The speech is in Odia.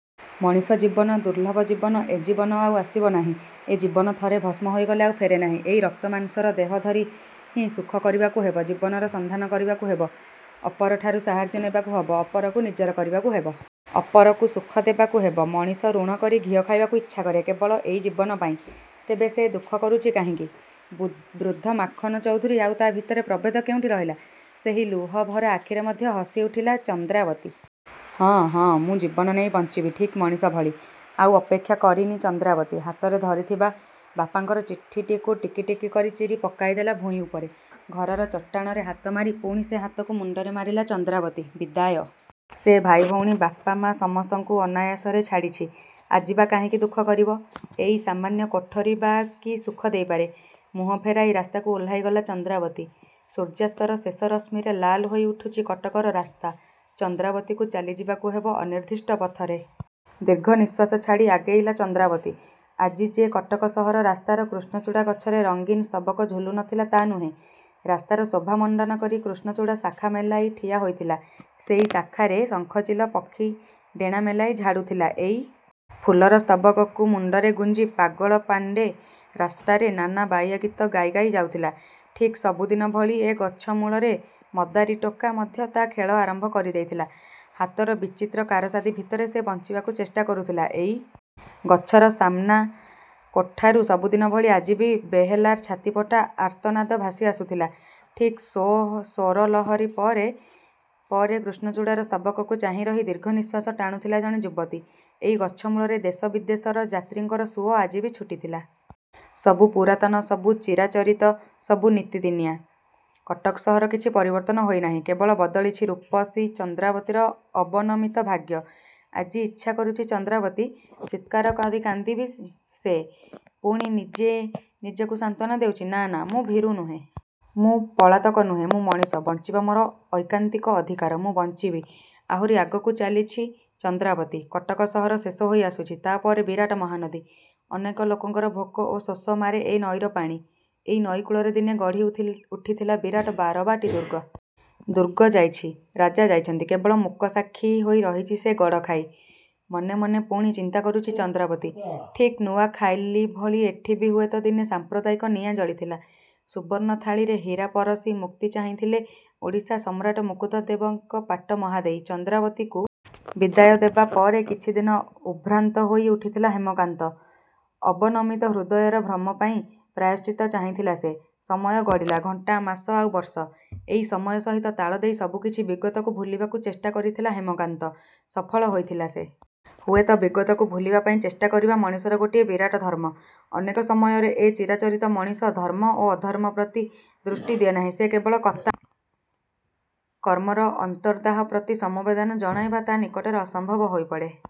ମଣିଷ ଜୀବନ ଦୁର୍ଲଭ ଜୀବନ। ଏ ଜୀବନ ଆଉ ଆସିବ ନାହିଁ। ଏ ଜୀବନ ଥରେ ଭସ୍ମ ହେଲେ ଆଉ ଫେରେନାହିଁ। ଏଇ ରକ୍ତମାଂସର ଦେହ ଧରି ହିଁ ସୁଖ କରିବାକୁ ହେବ। ଜୀବନର ସନ୍ଧାନ କରିବାକୁ ହେବ। ଅପରଠାରୁ ସାହାଯ୍ୟ ନେବାକୁ ହେବ। ଅପରକୁ ନିଜର କରିବାକୁ ହେବ। ଅପରକୁ ସୁଖ ଦେବାକୁ ହେବ। ମଣିଷ ଋଣ କରି ଘିଅ ଖାଇବାକୁ ଇଚ୍ଛା କରେ, କେବଳ ଏଇ ଜୀବନ ପାଇଁ। ତେବେ ସେ ଦୁଃଖ କରୁଛି କାହିଁକି? ବୃଦ୍ଧ ମାଖନ ଚୌଧୁରୀ ଆଉ ତା' ଭିତରେ ପ୍ରଭେଦ କେଉଁଠି ରହିଲା? ସେହି ଲୁହଭରା ଆଖିରେ ମଧ୍ୟ ହସିଉଠିଲା ଚନ୍ଦ୍ରାବତୀ। “ହଁ, ହଁ, ମୁଁ ଜୀବନ ନେଇ ବଞ୍ଚିବି, ଠିକ୍ ମଣିଷ ଭଳି।”ଆଉ ଅପେକ୍ଷା କରିନି ଚନ୍ଦ୍ରାବତୀ। ହାତରେ ଧରିଥିବା ବାପାଙ୍କର ଚିଠିଟିକୁ ଟିକି ଟିକି କରି ଚିରି ପକାଇଦେଲା ଭୂଇଁ ଉପରେ। ଘରର ଚଟାଣରେ ହାତ ମାରି ପୁଣି ସେ ହାତକୁ ମୁଣ୍ଡରେ ମାରିଲା ଚନ୍ଦ୍ରାବତୀ।“ବିଦାୟ, ସେ ଭାଇ ଭଉଣୀ, ବାପା ମାଆ, ସମସ୍ତଙ୍କୁ ଅନାୟାସରେ ଛାଡ଼ିଛି। ଆଜି ବା କାହିଁକି ଦୁଃଖ କରିବ? ଏଇ ସାମାନ୍ୟ କୋଠରୀ ବା କି ସୁଖ ଦେଇପାରେ?”ମୁହଁ ଫେରାଇ ରାସ୍ତାକୁ ଓହ୍ଲାଇଗଲା ଚନ୍ଦ୍ରାବତୀ। ସୂର୍ଯ୍ୟାସ୍ତର ଶେଷ ରଶ୍ମିରେ ଲାଲ ହୋଇ ଉଠୁଛି କଟକର ରାସ୍ତା। ଚନ୍ଦ୍ରାବତୀକୁ ଚାଲିଯିବାକୁ ହେବ ଅନିର୍ଦ୍ଦିଷ୍ଟ ପଥରେ। ଦୀର୍ଘ ନିଃଶ୍ୱାସ ଛାଡ଼ି ଆଗେଇଲା ଚନ୍ଦ୍ରାବତୀ। ଆଜି ଯେ କଟକ ସହର ରାସ୍ତାର କୃଷ୍ଣଚୂଡ଼ା ଗଛରେ ରଙ୍ଗୀନ ସ୍ତବକ ଝୁଲୁ ନ ଥିଲା, ତା' ନୁହେଁ। ରାସ୍ତାର ଶୋଭା ମଣ୍ଡନ କରି କୃଷ୍ଣଚୂଡ଼ା ଶାଖା ମେଲାଇ ଠିଆ ହୋଇଥିଲା। ସେଇ ଶାଖାରେ ଶଙ୍ଖଚିଲ ପକ୍ଷୀ ଡେଣା ମେଲାଇ ଝାଡ଼ୁଥିଲା। ଏଇ ଫୁଲର ସ୍ତବକକୁ ମୁଣ୍ଡରେ ଗୁଞ୍ଜି ପାଗଳ ପାଣ୍ଡେ ରାସ୍ତାରେ ନାନା ବାଇଆ ଗୀତ ଗାଇ ଗାଇ ଯାଉଥିଲା। ଠିକ୍ ସବୁଦିନ ଭଳି ଏ ଗଛ ମୂଳରେ ମଦାରୀ ଟୋକା ମଧ୍ୟ ତା' ଖେଳ ଆରମ୍ଭ କରି ଦେଇଥିଲା। ହାତର ବିଚିତ୍ର କାରସାଦୀ ଭିତରେ ସେ ବଞ୍ଚିବାକୁ ଚେଷ୍ଟା କରୁଥିଲା। ଏଇ ଗଛର ସାମନା କୋଠାରୁ ସବୁଦିନ ଭଳି ଆଜି ବି ବେହେଲାର ଛାତିଫଟା ଆର୍ତ୍ତନାଦ ଭାସି ଆସୁଥିଲା। ଠିକ୍ ସ୍ୱରଲହରୀ ପରେ ପରେ କୃଷ୍ଣଚୂଡ଼ାର ସ୍ତବକକୁ ଚାହିଁ ରହି ଦୀର୍ଘ ନିଃଶ୍ୱାସ ଟାଣୁଥିଲା ଜଣେ ଯୁବତୀ। ଏଇ ଗଛ ମୂଳରେ ଦେଶ ବିଦେଶର ଯାତ୍ରୀଙ୍କର ସୁଅ ଆଜି ବି ଛୁଟିଥିଲା। ସବୁ ପୁରାତନ, ସବୁ ଚିରାଚରିତ, ସବୁ ନିତିଦିନିଆ। କଟକ ସହର କିଛି ପରିବର୍ତ୍ତନ ହୋଇନାହିଁ। କେବଳ ବଦଳିଛି ରୂପସୀ ଚନ୍ଦ୍ରାବତୀର ଅବନମିତ ଭାଗ୍ୟ। ଆଜି ଇଚ୍ଛା କରୁଛି ଚନ୍ଦ୍ରାବତୀ, “ଚିତ୍କାର କରି କାନ୍ଦିବି ସେ।” ପୁଣି ନିଜେ ନିଜକୁ ସାନ୍ତ୍ୱନା ଦେଉଛି, “ନାଁ, ନାଁ, ମୁଁ ଭୀରୁ ନୁହେଁ। ମୁଁ ପଳାତକ ନୁହେଁ। ମୁଁ ମଣିଷ। ବଞ୍ଚିବା ମୋର ଐକାନ୍ତିକ ଅଧିକାର। ମୁଁ ବଞ୍ଚିବି।”ଆହୁରି ଆଗକୁ ଚାଲିଛି ଚନ୍ଦ୍ରାବତୀ। କଟକ ସହର ଶେଷ ହୋଇ ଆସୁଛି। ତା'ପରେ ବିରାଟ ମହାନଦୀ। ଅନେକ ଲୋକଙ୍କର ଭୋକ ଓ ଶୋଷ ମାରେ ଏ ନଈର ପାଣି। ଏଇ ନଈ କୂଳରେ ଦିନେ ଗଢ଼ି ଉଠିଥିଲା ବିରାଟ ବାରବାଟୀ ଦୁର୍ଗ। ଦୁର୍ଗ ଯାଇଛି, ରାଜା ଯାଇଛନ୍ତି, କେବଳ ମୂକସାକ୍ଷୀ ହୋଇ ରହିଛି ସେ ଗଡ଼ଖାଇ। ମନେ ମନେ ପୁଣି ଚିନ୍ତା କରୁଛି ଚନ୍ଦ୍ରାବତୀ। ଠିକ୍ ନୂଆଖାଲି ଭଳି ଏଠି ବି ହୁଏତ ଦିନେ ସାମ୍ପ୍ରଦାୟିକ ନିଆଁ ଜଳିଥିଲା। ସୁବର୍ଣ୍ଣ ଥାଳିରେ ହୀରା ପରଷି ମୁକ୍ତି ଚାହିଁଥିଲେ ଓଡ଼ିଶା ସମ୍ରାଟ ମୁକୁନ୍ଦ ଦେବଙ୍କ ପାଟ ମହାଦେଈ। ଚନ୍ଦ୍ରାବତୀକୁ ବିଦାୟ ଦେବା ପରେ କିଛିଦିନ ଉଦ୍ଭ୍ରାନ୍ତ ହୋଇ ଉଠିଥିଲା ହେମକାନ୍ତ। ଅବନମିତ ହୃଦୟର ଭ୍ରମ ପାଇଁ ପ୍ରାୟଶ୍ଚିତ୍ତ ଚାହିଁଥିଲା ସେ। ସମୟ ଗଡ଼ିଲା। ଘଣ୍ଟା, ମାସ ଆଉ ବର୍ଷ। ଏଇ ସମୟ ସହିତ ତାଳ ଦେଇ ସବୁକିଛି ବିଗତକୁ ଭୁଲିବାକୁ ଚେଷ୍ଟା କରିଥିଲା ହେମକାନ୍ତ। ସଫଳ ହୋଇଥିଲା ସେ। ହୁଏତ ବିଗତକୁ ଭୁଲିବା ପାଇଁ ଚେଷ୍ଟା କରିବା ମଣିଷର ଗୋଟିଏ ବିରାଟ ଧର୍ମ। ଅନେକ ସମୟରେ ଏ ଚିରାଚରିତ ମଣିଷ ଧର୍ମ ଓ ଅଧର୍ମ ପ୍ରତି ଦୃଷ୍ଟି ଦିଏନାହିଁ। ସେ କେବଳ କର୍ତ୍ତା । କର୍ମର ଅନ୍ତର୍ଦାହ ପ୍ରତି ସମବେଦନା ଜଣାଇବା ତା' ନିକଟରେ ଅସମ୍ଭବ ହୋଇପଡ଼େ।